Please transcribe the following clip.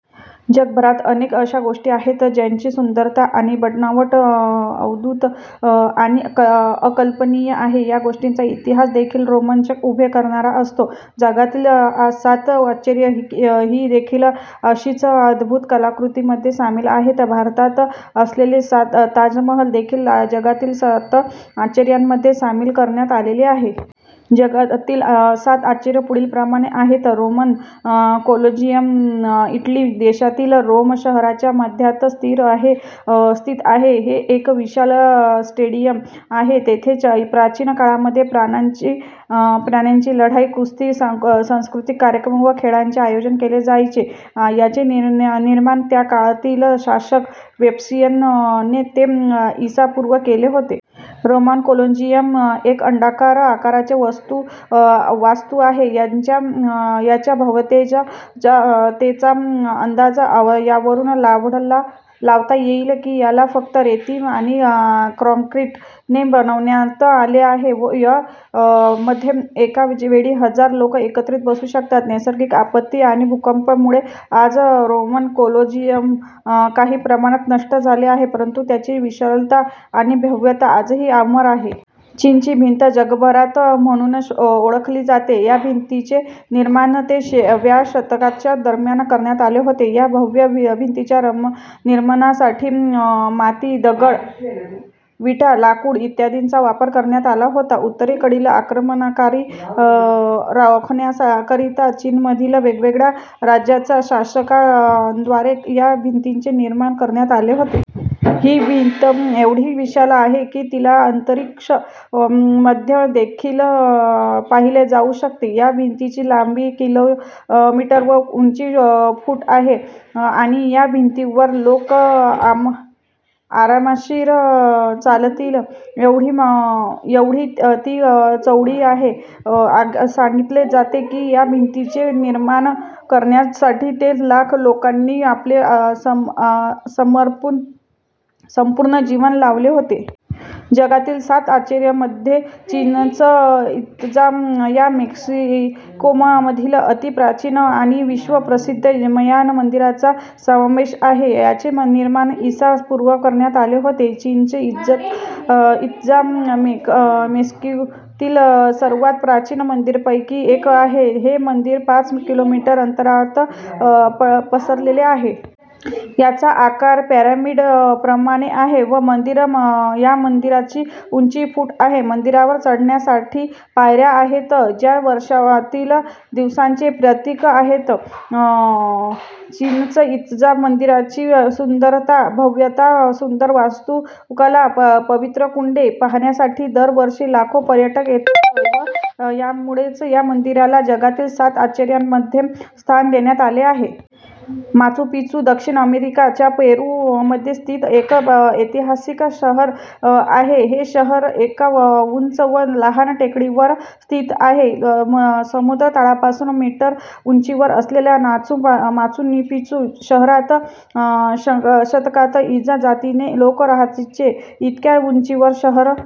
: जगभरात अनेक अशा गोष्टी आहेत ज्यांची सुंदरता आणि बनावट अद्भुत आणि अकल्पनीय आहे. या गोष्टींचा इतिहास देखील रोमांच उभे करणारा असतो. जगातील सात आश्चर्य ही देखील अशीच अद्भुत कलाकृतींमध्ये सामील आहेत. भारतात असलेले ताज महाल देखील जगातील सात आश्चर्यांमध्ये सामील करण्यात आलेले आहे. जगातील सात आश्चर्य पुढीलप्रमाणे आहेत रोमन कोलोजियम इटली देशातील रोम शहराच्या मध्यात स्थित आहे. हे एक विशाल स्टेडियम आहे जेथे प्राचीन काळामध्ये प्राण्यांची लढाई, कुस्ती, सांस्कृतिक कार्यक्रम व खेळांचे आयोजन केले जायचे. याचे निर्माण त्याकाळातील शासक वेस्पियन ने ते ईसा पूर्व केले होते. रोमन कोलोजियम एक अंडाकार आकाराचे वास्तू आहे. याच्या भव्यतेचा अंदाज यावरून लावता येईल की याला फक्त रेती आणि काँक्रिट ने बनवण्यात आले आहे व यामध्ये एका वेळी हजार लोक एकत्रित बसू शकतात. नैसर्गिक आपत्ती आणि भूकंप मुळे आज रोमन कोलोजियम काही प्रमाणात नष्ट झाले आहे परंतु त्याची विशालता आणि भव्यता आजही अमर आहे. चीनची भिंत जगभरात म्हणून ओळखली जाते. या भिंतीचे निर्माण ते व्या शतकाच्या दरम्यान करण्यात आले होते. या भव्य भिंतीच्या निर्माणासाठी माती, दगड, विटा, लाकूड इत्यादींचा वापर करण्यात आला होता. उत्तरेकडील आक्रमणकारी रोखण्याकरिता चीनमधील वेगवेगळ्या राज्यांच्या शासका द्वारे या भिंतीचे निर्माण करण्यात आले होते. ही भिंत एवढी विशाल आहे की तिला अंतरिक्ष मधून देखील पाहिले जाऊ शकते. या भिंतीची लांबी किलोमीटर व उंची फूट आहे. आणि या भिंतीवर लोक आरामशीर चालतील एवढी ती चौडी आहे. सांगितले जाते की या भिंतीचे निर्माण करण्यासाठी ते लाख लोकांनी आपले संपूर्ण जीवन लावले होते. जगातील सात आश्चर्य मध्ये चीचेन इत्जा या मेक्सिकोमधील अती प्राचीन आणि विश्व प्रसिद्ध मयान मंदिराचा समावेश आहे. याचे निर्माण ईसा पूर्व करण्यात आले होते. चीचेन इत्जा मेक्सिकोतील सर्वात प्राचीन मंदिरांपैकी एक आहे. हे मंदिर पाच किलोमीटर अंतरात पसरलेले आहे. याचा आकार पिरॅमिड प्रमाणे आहे. व या मंदिराची उंची फूट आहे. मंदिरावर चढण्याकरिता पायऱ्या आहेत, ज्या वर्षातील दिवसांचे प्रतीक आहेत. चीचेन इत्जा मंदिराची सुंदरता, भव्यता, सुंदर वास्तुकला, पवित्र कुंडे पाहण्यासाठी दरवर्षी लाखो पर्यटक येतात व यामुळेच या मंदिराला जगातील सात आश्चर्यांमध्ये स्थान देण्यात आले आहे. माचू पिचू दक्षिण अमेरिका च्या पेरू मध्ये स्थित एक ऐतिहासिक शहर आहे. हे शहर एका उंच व लहान टेकडीवर स्थित आहे. समुद्र तळापासून मीटर उंचीवर असलेल्या माचू पिचू शहरात शतकात इंका जातीचे लोक राहायचे. इतक्या उंचीवर शहर